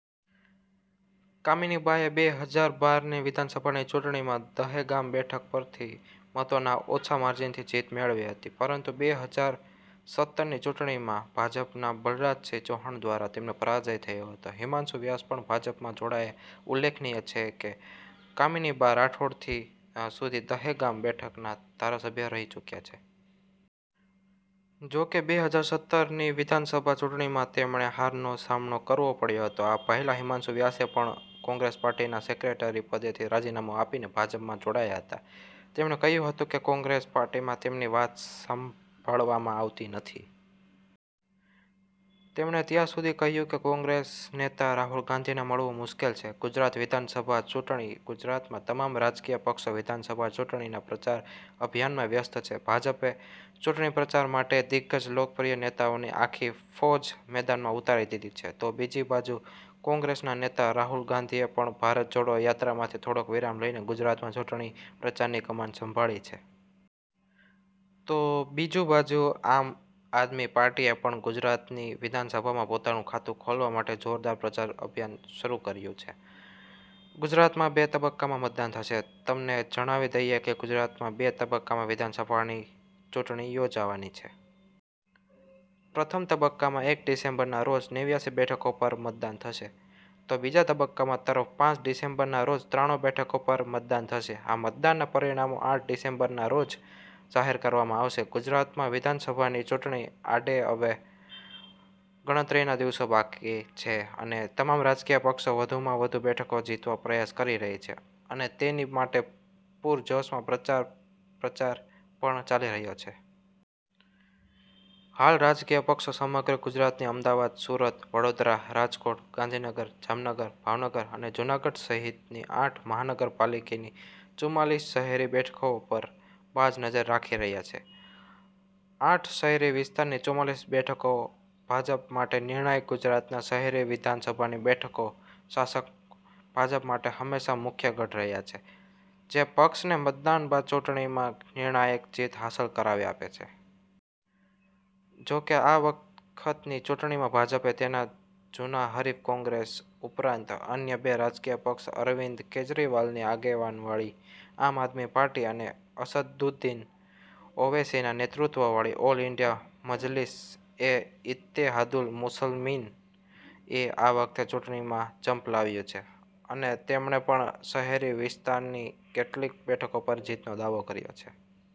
કામિની બાએ બે હજાર બાર ની વિધાનસભાની ચૂંટણીમાં દહેગામ બેઠક પરથી મતોના ઓછા માર્જિનથી જીત મેળવી હતી પરંતુ બે હજાર સત્તર ની ચૂંટણીમાં ભાજપના બલરાજસિંહ ચૌહાણ દ્વારા તેમનો પરાજય થયો હતો. હિમાંશુ વ્યાસ પણ ભાજપમાં જોડાયા ઉલ્લેખનિય છે કે, કામિનીબા રાઠોડ થી સુધી દહેગામ બેઠકના ધારાસભ્ય રહી ચુક્યા છે. જો કે, બે હજાર સત્તર ની વિધાનસભા ચૂંટણીમાં તેમણે હારનો સામનો કરવો પડ્યો હતો. આ પહેલા હિમાંશુ વ્યાસે પણ કોંગ્રેસ પાર્ટીના સેક્રેટરી પદેથી રાજીનામું આપીને ભાજપમાં જોડાયા હતા. તેમણે કહ્યું હતું કે કોંગ્રેસ પાર્ટીમાં તેમની વાત સાંભળવામાં આવતી નથી. તેમણે ત્યાં સુધી કહ્યું કે કોંગ્રેસ નેતા રાહુલ ગાંધીને મળવું મુશ્કેલ છે. ગુજરાત વિધાનસભા ચૂંટણી ગુજરાતમાં તમામ રાજકીય પક્ષો વિધાનસભા ચૂંટણીના પ્રચાર અભિયાનમાં વ્યસ્ત છે. ભાજપે ચૂંટણી પ્રચાર માટે દિગ્ગજ લોકપ્રીય નેતાઓની આખી ફોજ મેદાનમાં ઉતારી દીધી છે, તો બીજી બાજુ કોંગ્રેસના નેતા રાહુલ ગાંધીએ પણ ભારત જોડો યાત્રામાંથી થોડોક વિરામ લઇને ગુજરાતમાં ચૂંટણી પ્રચારની કમાન સંભાળી છે. તો બીજુ બાજુ આમ આદમી પાર્ટીએ પણ ગુજરાતની વિધાનસભામાં પોતાનું ખાતું ખોલવા માટે જોરદાર પ્રચાર અભિયાન શરૂ કર્યું છે. ગુજરાતમાં બે તબક્કામાં મતદાન થશે તમને જણાવી દઈએ કે ગુજરાતમાં બે તબક્કામાં વિધાનસભાની ચૂંટણી યોજાવાની છે. પ્રથમ તબક્કામાં એક ડિસેમ્બરના રોજ નેવ્યાસી બેઠકો પર મતદાન થશે. તો બીજા તબક્કામાં તરફ પાંચ ડિસેમ્બરના રોજ ત્રાણું બેઠકો પર મતદાન થશે. આ મતદાનના પરિણામો આઠ ડિસેમ્બરના રોજ જાહેર કરવામાં આવશે. ગુજરાતમાં વિધાનસભાની ચૂંટણી આડે હવે ગણતરીના દિવસો બાકી છે અને તમામ રાજકીય પક્ષો વધુમાં વધુ બેઠકો જીતવા પ્રયાસ કરી રહી છે અને તેની માટે પૂરજોશમાં પ્રચાર પ્રચાર પણ ચાલી રહ્યો છે. હાલ રાજકીય પક્ષો સમગ્ર ગુજરાતની અમદાવાદ, સુરત, વડોદરા, રાજકોટ, ગાંધીનગર, જામનગર, ભાવનગર અને જૂનાગઢ સહિતની આઠ મહાનગરપાલિકીની ચુમાલીસ શહેરી બેઠકો પર બાજ નજર રાખી રહ્યા છે. આઠ શહેરી વિસ્તારની ચુમાલીસ બેઠકો ભાજપ માટે નિર્ણાયક ગુજરાતના શહેરી વિધાનસભાની બેઠકો શાસક ભાજપ માટે હંમેશા મુખ્ય ગઢ રહ્યા છે, જે પક્ષને મતદાન બાદ ચૂંટણીમાં નિર્ણાયક જીત હાંસલ કરાવી આપે છે. જો કે આ વખતની ચૂંટણીમાં ભાજપે તેના જૂના હરીફ કોંગ્રેસ ઉપરાંત અન્ય બે રાજકીય પક્ષ અરવિંદ કેજરીવાલની આગેવાનીવાળી આમ આદમી પાર્ટી અને અસદુદ્દીન ઓવૈસીના નેતૃત્વવાળી ઓલ ઈન્ડિયા મજલિસ-એ-ઈત્તેહાદુલ મુસલમીન એ આ વખતે ચૂંટણીમાં ઝંપલાવ્યુ છે, અને તેમણે પણ શહેરી વિસ્તારની કેટલીક બેઠકો પર જીતનો દાવો કર્યો છે.